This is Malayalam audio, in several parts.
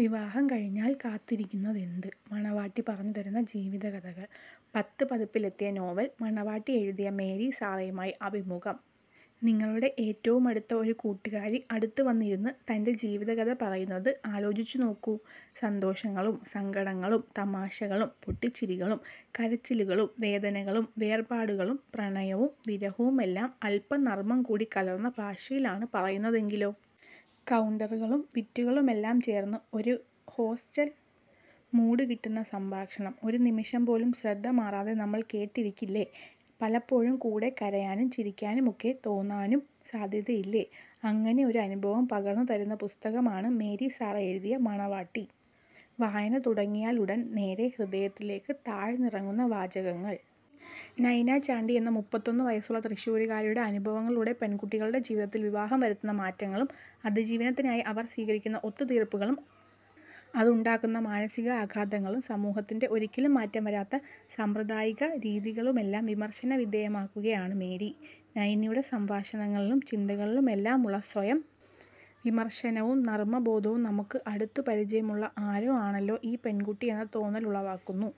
വിവാഹം കഴിഞ്ഞാൽ കാത്തിരിക്കുന്നതെന്ത്? മണവാട്ടി പറഞ്ഞുതരുന്ന ജീവിതകഥകൾ... പത്ത് പതിപ്പിലെത്തിയെ നോവൽ 'മണവാട്ടി' എഴുതിയ മേരി സാറയുമായി അഭിമുഖം നിങ്ങളുടെ ഏറ്റവുമടുത്ത ഒരു കൂട്ടുകാരി അടുത്തുവന്നിരുന്ന് തന്റെ ജീവിതകഥ പറയുന്നത് ആലോചിച്ചുനോക്കൂ. സന്തോഷങ്ങളും സങ്കടങ്ങളും തമാശകളും പൊട്ടിച്ചിരികളും കരച്ചിലുകളും വേദനകളും വേർപാടുകളും പ്രണയവും വിരഹവുമെല്ലാം അൽപം നർമം കൂടി കലർന്ന ഭാഷയിലാണ് പറയുന്നതെങ്കിലോ. കൗണ്ടറുകളും വിറ്റുകളുമെല്ലാം ചേർന്ന് ഒരു ഹോസ്റ്റൽ മൂഡ് കിട്ടുന്ന സംഭാഷണം. ഒരു നിമിഷം പോലും ശ്രദ്ധമാറാതെ നമ്മൾ കേട്ടിരിക്കില്ലേ. പലപ്പോഴും കൂടെ കരയാനും ചിരിക്കാനുമൊക്കെ തോന്നാനും സാധ്യതില്ലേ. അങ്ങനെയൊരു അനുഭവം പകർന്നു തരുന്ന പുസ്തകമാണ് മേരി സാറ എഴുതിയ 'മണവാട്ടി'. വായന തുടങ്ങിയാലുടൻ നേരേ ഹൃദയത്തിലേക്ക് ആഴ്ന്നിറങ്ങുന്ന വാചകങ്ങൾ. നൈന ചാണ്ടി എന്ന മുപ്പത്തൊന്നു വയസ്സുള്ള തൃശൂരുകാരിയുടെ അനുഭവങ്ങളിലൂടെ പെൺകുട്ടികളുടെ ജീവിതത്തിൽ വിവാഹം വരുത്തുന്ന മാറ്റങ്ങളും അതിജീവനത്തിനായി അവർ സ്വീകരിക്കുന്ന ഒത്തുതീർപ്പുകളും അതുണ്ടാക്കുന്ന മാനസികാഘാതങ്ങളും സമൂഹത്തിന്റെ ഒരിക്കലും മാറ്റം വരാത്ത സാമ്പ്രദായിക രീതികളുമെല്ലാം വിമർശന വിധേയമാക്കുകയാണ് മേരി. നൈനയുടെ സംഭാഷണങ്ങളിലും ചിന്തകളിലുമെല്ലാമുള്ള സ്വയം വിമർശനവും നർമബോധവും നമുക്ക് അടുത്തു പരിചയമുള്ള ആരോ ആണല്ലോ ഈ പെൺകുട്ടിയെന്ന തോന്നലുളവാക്കുന്നു.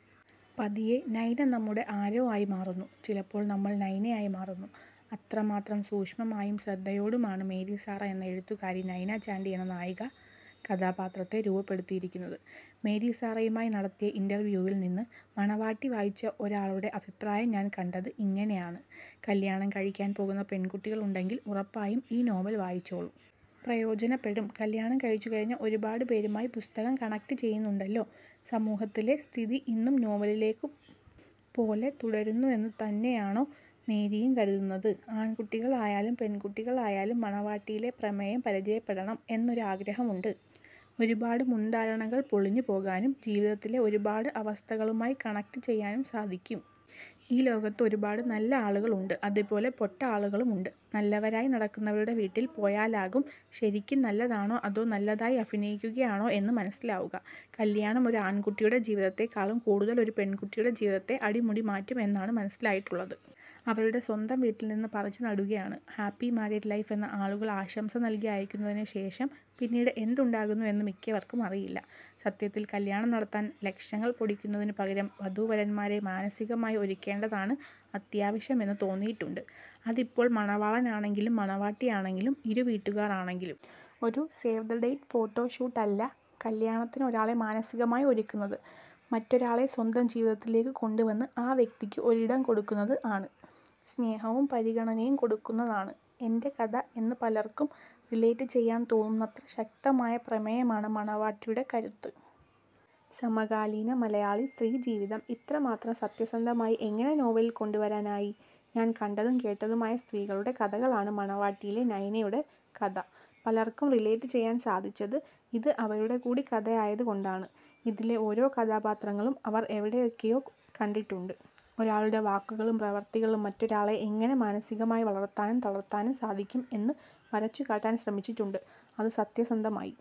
പതിയെ നൈന നമ്മുടെ ആരോ ആയി മാറുന്നു, ചിലപ്പോൾ നമ്മൾ നൈന ആയി മാറുന്നു. അത്രമാത്രം സൂക്ഷ്മമായും ശ്രദ്ധയോടെയുമാണ് മേരി സാറ എന്ന എഴുത്തുകാരി നൈന ചാണ്ടി എന്ന നായിക കഥാപാത്രത്തെ രൂപപ്പെടുത്തിയിരിക്കുന്നത്. മേരി സാറയുമായി നടത്തിയ ഇന്റർവ്യുവിൽ നിന്ന്. ∙മണവാട്ടി വായിച്ച ഒരാളുടെ അഭിപ്രായം ഞാൻ കണ്ടത് ഇങ്ങനെയാണ്: ''കല്യാണം കഴിക്കാൻ പോകുന്ന പെൺകുട്ടികളുണ്ടെങ്കിൽ ഉറപ്പായും ഈ നോവൽ വായിച്ചോളൂ. പ്രയോജനപ്പെടും''. കല്യാണം കഴിച്ചു കഴിഞ്ഞ ഒരുപാടു പേരുമായി പുസ്തകം കണക്ട് ചെയ്യുന്നുണ്ടല്ലോ. സമൂഹത്തിലെ സ്ഥിതി ഇന്നും നോവലിലേതു പോലെ തുടരുന്നുവെന്നു തന്നെയാണോ മേരിയും കരുതുന്നത്? ആൺകുട്ടികൾ ആയാലും പെൺകുട്ടികൾ ആയാലും മണവാട്ടിയിലെ പ്രമേയം പരിചയപ്പെടണം എന്നൊരു ആഗ്രഹം ഉണ്ട്. ഒരുപാട് മുൻധാരണകൾ പൊളിഞ്ഞു പോകാനും ജീവിതത്തിലെ ഒരുപാട് അവസ്ഥകളുമായി കണക്ട് ചെയ്യാനും സാധിക്കും. ഈ ലോകത്ത് ഒരുപാട് നല്ല ആളുകൾ ഉണ്ട്. അതേപോലെ പൊട്ട ആളുകളും ഉണ്ട്. നല്ലവരായി നടിക്കുന്നവരുടെ വീട്ടിൽ പോയാലാകും ശരിക്കും നല്ലതാണോ അതോ നല്ലതായി അഭിനയിക്കുകയാണോ എന്ന് മനസിലാവുക. കല്യാണം ഒരു ആൺകുട്ടിയുടെ ജീവിതത്തെക്കാളും കൂടുതൽ ഒരു പെൺകുട്ടിയുടെ ജീവിതത്തെ അടിമുടി മാറ്റും എന്നാണ് മനസിലായിട്ടുള്ളത്. അവരുടെ സ്വന്തം വീട്ടിൽ നിന്ന് പറിച്ചുനടുകയാണ്. ഹാപ്പി മാരീഡ് ലൈഫ് എന്ന് ആളുകൾ ആശംസകൾ നൽകി അയയ്ക്കുന്നതിനു ശേഷം പിന്നീട് എന്ത് ഉണ്ടാകുന്നു എന്ന് മിക്കവർക്കും അറിയില്ല. സത്യത്തിൽ കല്യാണം നടത്താൻ ലക്ഷങ്ങൾ പൊട്ടിക്കുന്നതിനു പകരം വധൂവരൻമാരെ മാനസികമായി ഒരുക്കേണ്ടതാണ് അത്യാവശ്യം എന്ന് തോന്നിയിട്ടുണ്ട്. അതിപ്പോൾ മണവാളൻ ആണെങ്കിലും മണവാട്ടി ആണെങ്കിലും ഇരു വീട്ടുകാർ ആണെങ്കിലും. ഒരു സേവ് ദ് ഡേറ്റ് ഫോട്ടോഷൂട്ട് അല്ല കല്യാണത്തിന് ഒരാളെ മാനസികമായി ഒരുക്കുന്നത്. മറ്റൊരാളെ സ്വന്തം ജീവിതത്തിലേക്കു കൊണ്ടുവന്ന് ആ വ്യക്തിക്ക് ഒരു ഇടം കൊടുക്കുന്നത് ആണ്, സ്നേഹവും പരിഗണനയും കൊടുക്കുന്നത് ആണ്. ∙എന്റെ കഥ എന്ന് പലർക്കും റിലേറ്റ് ചെയ്യാൻ തോന്നുന്നത്ര ശക്തമായ പ്രമേയമാണ് മണവാട്ടിയുടെ കരുത്ത്. സമകാലീന മലയാളി സ്ത്രീ ജീവിതം ഇത്രമാത്രം സത്യസന്ധമായി എങ്ങനെ നോവലിൽ കൊണ്ടുവരാനായി? ഞാൻ കണ്ടും കേട്ടതുമായ സ്ത്രീകളുടെ കഥകളാണ് മണവാട്ടിയിലെ നൈനയുടെ കഥ. പലർക്കും റിലേറ്റ് ചെയ്യാൻ സാധിച്ചത് ഇത് അവരുടെ കൂടി കഥയായത് കൊണ്ടാണ്. ഇതിലെ ഓരോ കഥാപാത്രങ്ങളെയും അവർ എവിടെയൊക്കെയോ കണ്ടിട്ടുണ്ട്. ഒരാളുടെ വാക്കുകളും പ്രവൃത്തികളും മറ്റൊരാളെ എങ്ങനെ മാനസികമായി വളർത്താനും തളർത്താനും സാധിക്കും എന്നു വരച്ചുകാട്ടാൻ ശ്രമിച്ചിട്ടുണ്ട്. അത് സത്യസന്ധമായി